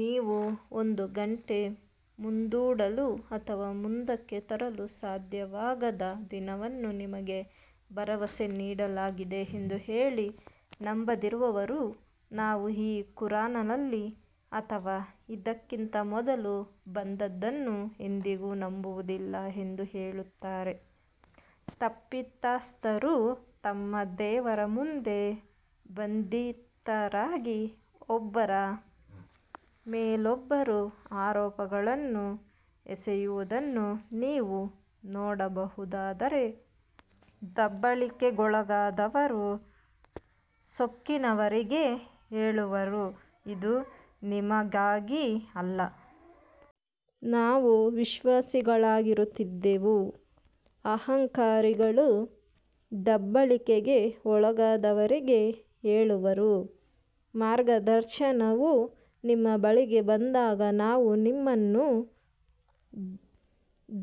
ನೀವು ಒಂದು ಗಂಟೆ ಮುಂದೂಡಲು ಅಥವಾ ಮುಂದಕ್ಕೆ ತರಲು ಸಾಧ್ಯವಾಗದ ದಿನವನ್ನು ನಿಮಗೆ ಭರವಸೆ ನೀಡಲಾಗಿದೆ ಎಂದು ಹೇಳಿ ನಂಬದಿರುವವರು ನಾವು ಈ ಕುರಾನ್ನಲ್ಲಿ ಅಥವಾ ಇದಕ್ಕಿಂತ ಮೊದಲು ಬಂದದ್ದನ್ನು ಎಂದಿಗೂ ನಂಬುವುದಿಲ್ಲ ಎಂದು ಹೇಳುತ್ತಾರೆ, ತಪ್ಪಿತಸ್ಥರು ತಮ್ಮ ದೇವರ ಮುಂದೆ ಬಂಧಿತರಾಗಿ ಒಬ್ಬರ ಮೇಲೊಬ್ಬರು ಆರೋಪಗಳನ್ನು ಎಸೆಯುವುದನ್ನು ನೀವು ನೋಡಬಹುದಾದರೆ, ದಬ್ಬಾಳಿಕೆಗೊಳಗಾದವರು ಸೊಕ್ಕಿನವರಿಗೆ ಹೇಳುವರು ಇದು ನಿಮಗಾಗಿ ಅಲ್ಲ. ನಾವು ವಿಶ್ವಾಸಿಗಳಾಗಿರುತ್ತಿದ್ದೆವು ಅಹಂಕಾರಿಗಳು ದಬ್ಬಾಳಿಕೆಗೆ ಒಳಗಾದವರಿಗೆ ಹೇಳುವರು, ಮಾರ್ಗದರ್ಶನವು ನಿಮ್ಮ ಬಳಿಗೆ ಬಂದಾಗ ನಾವು ನಿಮ್ಮನ್ನು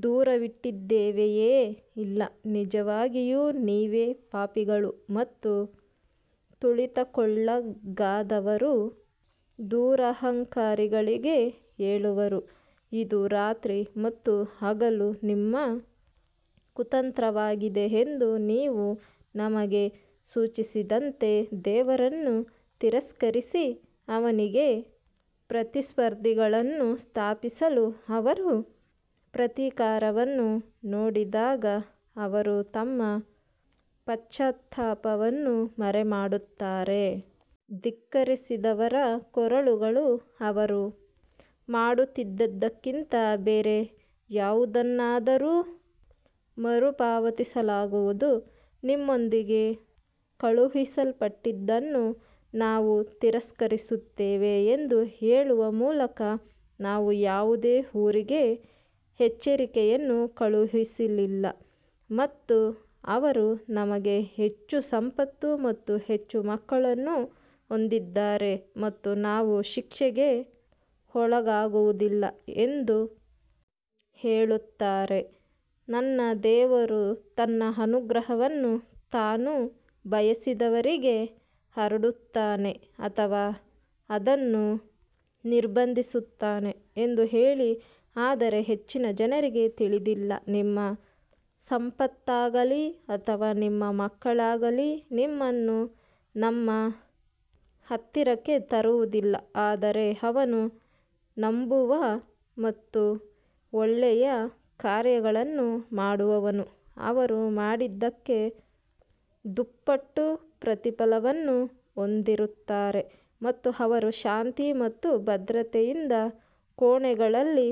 ದೂರವಿಟ್ಟಿದ್ದೇವೆಯೇ ಇಲ್ಲ ನಿಜವಾಗಿಯೂ ನೀವೇ ಪಾಪಿಗಳು ಮತ್ತು ತುಳಿತಕ್ಕೊಳಗಾದವರು ದುರಹಂಕಾರಿಗಳಿಗೆ ಹೇಳುವರು, ಇದು ರಾತ್ರಿ ಮತ್ತು ಹಗಲು ನಿಮ್ಮ ಕುತಂತ್ರವಾಗಿದೆ ಎಂದು ನೀವು ನಮಗೆ ಸೂಚಿಸಿದಂತೆ ದೇವರನ್ನು ತಿರಸ್ಕರಿಸಿ ಅವನಿಗೆ ಪ್ರತಿಸ್ಪರ್ಧಿಗಳನ್ನು ಸ್ಥಾಪಿಸಲು ಅವರು ಪ್ರತೀಕಾರವನ್ನು ನೋಡಿದಾಗ ಅವರು ತಮ್ಮ ಪಶ್ಚಾತ್ತಾಪವನ್ನು ಮರೆಮಾಡುತ್ತಾರೆ. ಧಿಕ್ಕರಿಸಿದವರ ಕೊರಳುಗಳು ಅವರು ಮಾಡುತ್ತಿದ್ದುದಕ್ಕಿಂತ ಬೇರೆ ಯಾವುದನ್ನಾದರೂ ಮರುಪಾವತಿಸಲಾಗುವುದು ನಿಮ್ಮೊಂದಿಗೆ ಕಳುಹಿಸಲ್ಪಟ್ಟಿದ್ದನ್ನು ನಾವು ತಿರಸ್ಕರಿಸುತ್ತೇವೆ ಎಂದು ಹೇಳುವ ಮೂಲಕ ನಾವು ಯಾವುದೇ ಊರಿಗೆ ಎಚ್ಚರಿಕೆಯನ್ನು ಕಳುಹಿಸಲಿಲ್ಲ ಮತ್ತು ಅವರು ನಮಗೆ ಹೆಚ್ಚು ಸಂಪತ್ತು ಮತ್ತು ಹೆಚ್ಚು ಮಕ್ಕಳನ್ನು ಹೊಂದಿದ್ದಾರೆ ಮತ್ತು ನಾವು ಶಿಕ್ಷೆಗೆ ಒಳಗಾಗುವುದಿಲ್ಲ ಎಂದು ಹೇಳುತ್ತಾರೆ ನನ್ನ ದೇವರು ತನ್ನ ಅನುಗ್ರಹವನ್ನು ತಾನು ಬಯಸಿದವರಿಗೆ ಹರಡುತ್ತಾನೆ ಅಥವಾ ಅದನ್ನು ನಿರ್ಬಂಧಿಸುತ್ತಾನೆ ಎಂದು ಹೇಳಿ ಆದರೆ ಹೆಚ್ಚಿನ ಜನರಿಗೆ ತಿಳಿದಿಲ್ಲ ನಿಮ್ಮ ಸಂಪತ್ತಾಗಲಿ ಅಥವಾ ನಿಮ್ಮ ಮಕ್ಕಳಾಗಲಿ ನಿಮ್ಮನ್ನು ನಮ್ಮ ಹತ್ತಿರಕ್ಕೆ ತರುವುದಿಲ್ಲ ಆದರೆ ಅವನು ನಂಬುವ ಮತ್ತು ಒಳ್ಳೆಯ ಕಾರ್ಯಗಳನ್ನು ಮಾಡುವವನು ಅವರು ಮಾಡಿದ್ದಕ್ಕೆ ದುಪ್ಪಟ್ಟು ಪ್ರತಿಫಲವನ್ನು ಹೊಂದಿರುತ್ತಾರೆ ಮತ್ತು ಅವರು ಶಾಂತಿ ಮತ್ತು ಭದ್ರತೆಯಿಂದ ಕೋಣೆಗಳಲ್ಲಿ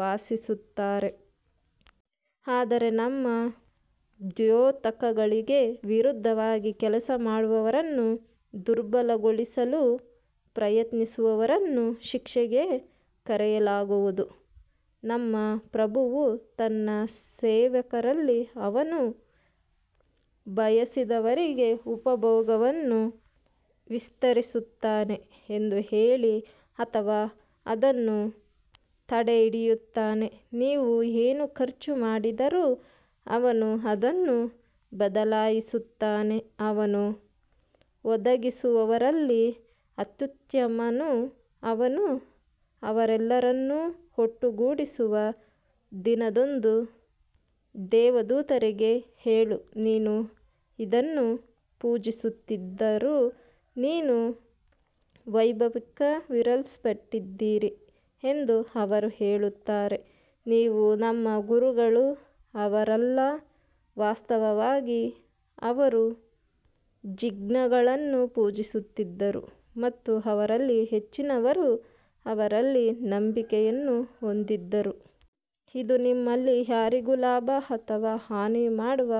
ವಾಸಿಸುತ್ತಾರೆ. ಆದರೆ ನಮ್ಮ ದ್ಯೋತಕಗಳಿಗೆ ವಿರುದ್ಧವಾಗಿ ಕೆಲಸ ಮಾಡುವವರನ್ನು ದುರ್ಬಲಗೊಳಿಸಲು ಪ್ರಯತ್ನಿಸುವವರನ್ನು ಶಿಕ್ಷೆಗೆ ಕರೆಯಲಾಗುವುದು ನನ್ನ ಪ್ರಭುವು ತನ್ನ ಸೇವಕರಲ್ಲಿ ಅವನು ಬಯಸಿದವರಿಗೆ ಉಪಭೋಗವನ್ನು ವಿಸ್ತರಿಸುತ್ತಾನೆ ಎಂದು ಹೇಳಿ ಅಥವಾ ಅದನ್ನು ತಡೆಹಿಡಿಯುತ್ತಾನೆ ನೀವು ಏನು ಖರ್ಚು ಮಾಡಿದರೂ ಅವನು ಅದನ್ನು ಬದಲಾಯಿಸುತ್ತಾನೆ ಅವನು ಒದಗಿಸುವವರಲ್ಲಿ ಅತ್ಯುತ್ತಮನು ಅವನು ಅವರೆಲ್ಲರನ್ನೂ ಒಟ್ಟುಗೂಡಿಸುವ ದಿನದಂದು ದೇವದೂತರಿಗೆ ಹೇಳು, ನೀವು ಇದನ್ನು ಪೂಜಿಸುತ್ತಿದ್ದರು ನೀವು ವೈಭವೀಕರಿಸಲ್ಪಟ್ಟಿದ್ದೀರಿ ಎಂದು ಅವರು ಹೇಳುತ್ತಾರೆ, ನೀವು ನಮ್ಮ ಗುರುಗಳು ಅವರಲ್ಲ, ವಾಸ್ತವವಾಗಿ ಅವರು ಜಿನ್ಗಳನ್ನು ಪೂಜಿಸುತ್ತಿದ್ದರು ಮತ್ತು ಅವರಲ್ಲಿ ಹೆಚ್ಚಿನವರು ಅವರಲ್ಲಿ ನಂಬಿಕೆಯನ್ನು ಹೊಂದಿದ್ದರು. ಇಂದು ನಿಮ್ಮಲ್ಲಿ ಯಾರಿಗೂ ಲಾಭ ಅಥವಾ ಹಾನಿ ಮಾಡುವ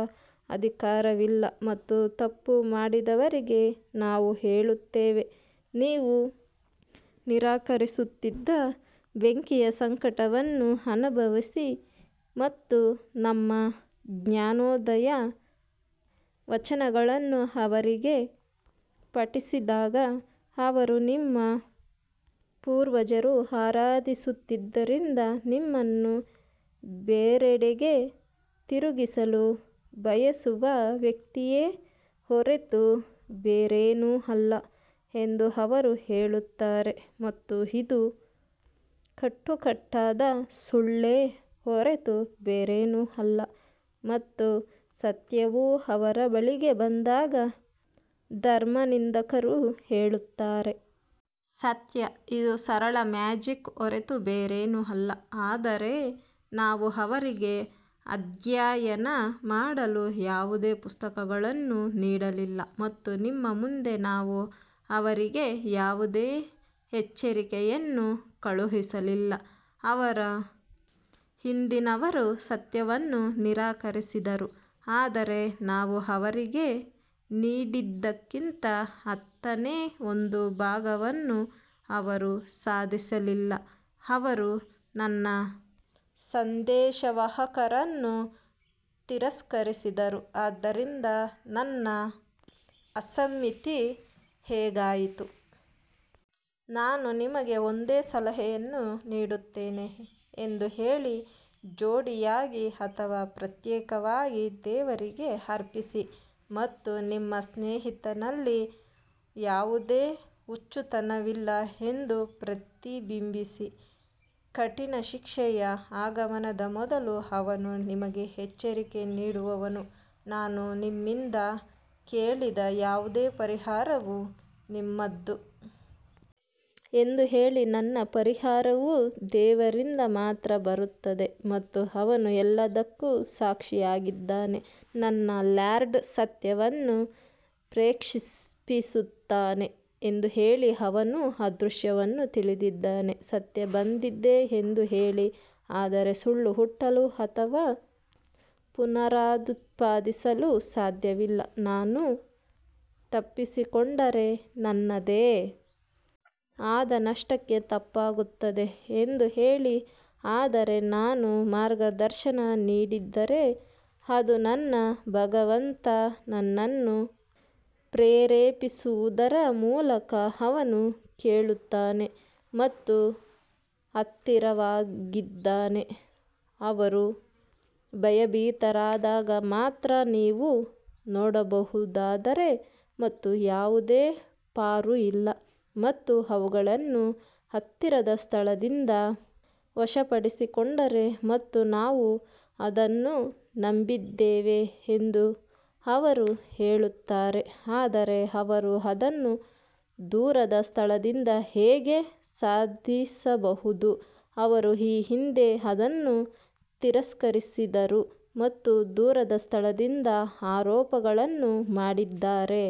ಅಧಿಕಾರವಿಲ್ಲ ಮತ್ತು ತಪ್ಪು ಮಾಡಿದವರಿಗೆ ನಾವು ಹೇಳುತ್ತೇವೆ, ನೀವು ನಿರಾಕರಿಸುತ್ತಿದ್ದ ಬೆಂಕಿಯ ಸಂಕಟವನ್ನು ಅನುಭವಿಸಿ ಮತ್ತು ನಮ್ಮ ಜ್ಞಾನೋದಯ ವಚನಗಳನ್ನು ಅವರಿಗೆ ಪಠಿಸಿದಾಗ ಅವರು ನಿಮ್ಮ ಪೂರ್ವಜರು ಆರಾಧಿಸುತ್ತಿದ್ದರಿಂದ ನಿಮ್ಮನ್ನು ಬೇರೆಡೆಗೆ ತಿರುಗಿಸಲು ಬಯಸುವ ವ್ಯಕ್ತಿಯೇ ಹೊರತು ಬೇರೇನೂ ಅಲ್ಲ ಎಂದು ಅವರು ಹೇಳುತ್ತಾರೆ ಮತ್ತು ಇದು ಕಟ್ಟುಕಟ್ಟಾದ ಸುಳ್ಳೇ ಹೊರತು ಬೇರೇನೂ ಅಲ್ಲ ಮತ್ತು ಸತ್ಯವು ಅವರ ಬಳಿಗೆ ಬಂದಾಗ ಧರ್ಮನಿಂದಕರು ಹೇಳುತ್ತಾರೆ. ಸತ್ಯ ಇದು ಸರಳ ಮ್ಯಾಜಿಕ್ ಹೊರತು ಬೇರೇನೂ ಅಲ್ಲ ಆದರೆ ನಾವು ಅವರಿಗೆ ಅಧ್ಯಯನ ಮಾಡಲು ಯಾವುದೇ ಪುಸ್ತಕವನ್ನು ನೀಡಲಿಲ್ಲ ಮತ್ತು ನಿಮ್ಮ ಮುಂದೆ ನಾವು ಅವರಿಗೆ ಯಾವುದೇ ಎಚ್ಚರಿಕೆಯನ್ನು ಕಳುಹಿಸಲಿಲ್ಲ ಅವರ ಹಿಂದಿನವರೂ ಸತ್ಯವನ್ನು ನಿರಾಕರಿಸಿದರು, ಆದರೆ ನಾವು ಅವರಿಗೆ ನೀಡಿದ್ದಕ್ಕಿಂತ ಹತ್ತನೇ ಒಂದು ಭಾಗವನ್ನು ಅವರು ಸಾಧಿಸಲಿಲ್ಲ, ಅವರು ನನ್ನ ಸಂದೇಶವಾಹಕರನ್ನು ತಿರಸ್ಕರಿಸಿದರು, ಆದ್ದರಿಂದ ನನ್ನ ಅಸಮ್ಮತಿ ಹೇಗಾಯಿತು? ನಾನು ನಿಮಗೆ ಒಂದೇ ಸಲಹೆಯನ್ನು ನೀಡುತ್ತೇನೆ ಎಂದು ಹೇಳಿ, ಜೋಡಿಯಾಗಿ ಅಥವಾ ಪ್ರತ್ಯೇಕವಾಗಿ ದೇವರಿಗೆ ಅರ್ಪಿಸಿ ಮತ್ತು ನಿಮ್ಮ ಸ್ನೇಹಿತನಲ್ಲಿ ಯಾವುದೇ ಹುಚ್ಚುತನವಿಲ್ಲ ಎಂದು ಪ್ರತಿಬಿಂಬಿಸಿ ಕಠಿಣ ಶಿಕ್ಷೆಯ ಆಗಮನದ ಮೊದಲು ಅವನು ನಿಮಗೆ ಎಚ್ಚರಿಕೆ ನೀಡುವವನು ನಾನು ನಿಮ್ಮಿಂದ ಕೇಳಿದ ಯಾವುದೇ ಪರಿಹಾರವು ನಿಮ್ಮದು ಎಂದು ಹೇಳಿ ನನ್ನ ಪರಿಹಾರವು ದೇವರಿಂದ ಮಾತ್ರ ಬರುತ್ತದೆ ಮತ್ತು ಅವನು ಎಲ್ಲದಕ್ಕೂ ಸಾಕ್ಷಿಯಾಗಿದ್ದಾನೆ ನನ್ನ ಲಾರ್ಡ್ ಸತ್ಯವನ್ನು ಪ್ರಕ್ಷೇಪಿಸುತ್ತಾನೆ ಎಂದು ಹೇಳಿ, ಅವನು ಅದೃಶ್ಯವನ್ನು ತಿಳಿದಿದ್ದಾನೆ ಸತ್ಯ ಬಂದಿದೆ ಎಂದು ಹೇಳಿ, ಆದರೆ ಸುಳ್ಳು ಹುಟ್ಟಲು ಅಥವಾ ಪುನರುತ್ಪಾದಿಸಲು ಸಾಧ್ಯವಿಲ್ಲ ನಾನು ತಪ್ಪಿಸಿಕೊಂಡರೆ ನನ್ನದೇ ಆದ ನಷ್ಟಕ್ಕೆ ತಪ್ಪಾಗುತ್ತದೆ ಎಂದು ಹೇಳಿ ಆದರೆ ನಾನು ಮಾರ್ಗದರ್ಶನ ನೀಡಿದರೆ ಅದು ನನ್ನ ಭಗವಂತ ನನ್ನನ್ನು ಪ್ರೇರೇಪಿಸುವುದರ ಮೂಲಕ ಅವನು ಕೇಳುತ್ತಾನೆ ಮತ್ತು ಹತ್ತಿರವಾಗಿದ್ದಾನೆ ಅವರು ಭಯಭೀತರಾದಾಗ ಮಾತ್ರ ನೀವು ನೋಡಬಹುದಾದರೆ ಮತ್ತು ಯಾವುದೇ ಪಾರು ಇಲ್ಲ ಮತ್ತು ಅವುಗಳನ್ನು ಹತ್ತಿರದ ಸ್ಥಳದಿಂದ ವಶಪಡಿಸಿಕೊಂಡರೆ ಮತ್ತು ನಾವು ಅದನ್ನು ನಂಬಿದ್ದೇವೆ ಎಂದು ಅವರು ಹೇಳುತ್ತಾರೆ ಆದರೆ ಅವರು ಅದನ್ನು ದೂರದ ಸ್ಥಳದಿಂದ ಹೇಗೆ ಸಾಧಿಸಬಹುದು ಅವರು ಈ ಹಿಂದೆ ಅದನ್ನು ತಿರಸ್ಕರಿಸಿದರು ಮತ್ತು ದೂರದ ಸ್ಥಳದಿಂದ ಆರೋಪಗಳನ್ನು ಮಾಡಿದ್ದಾರೆ.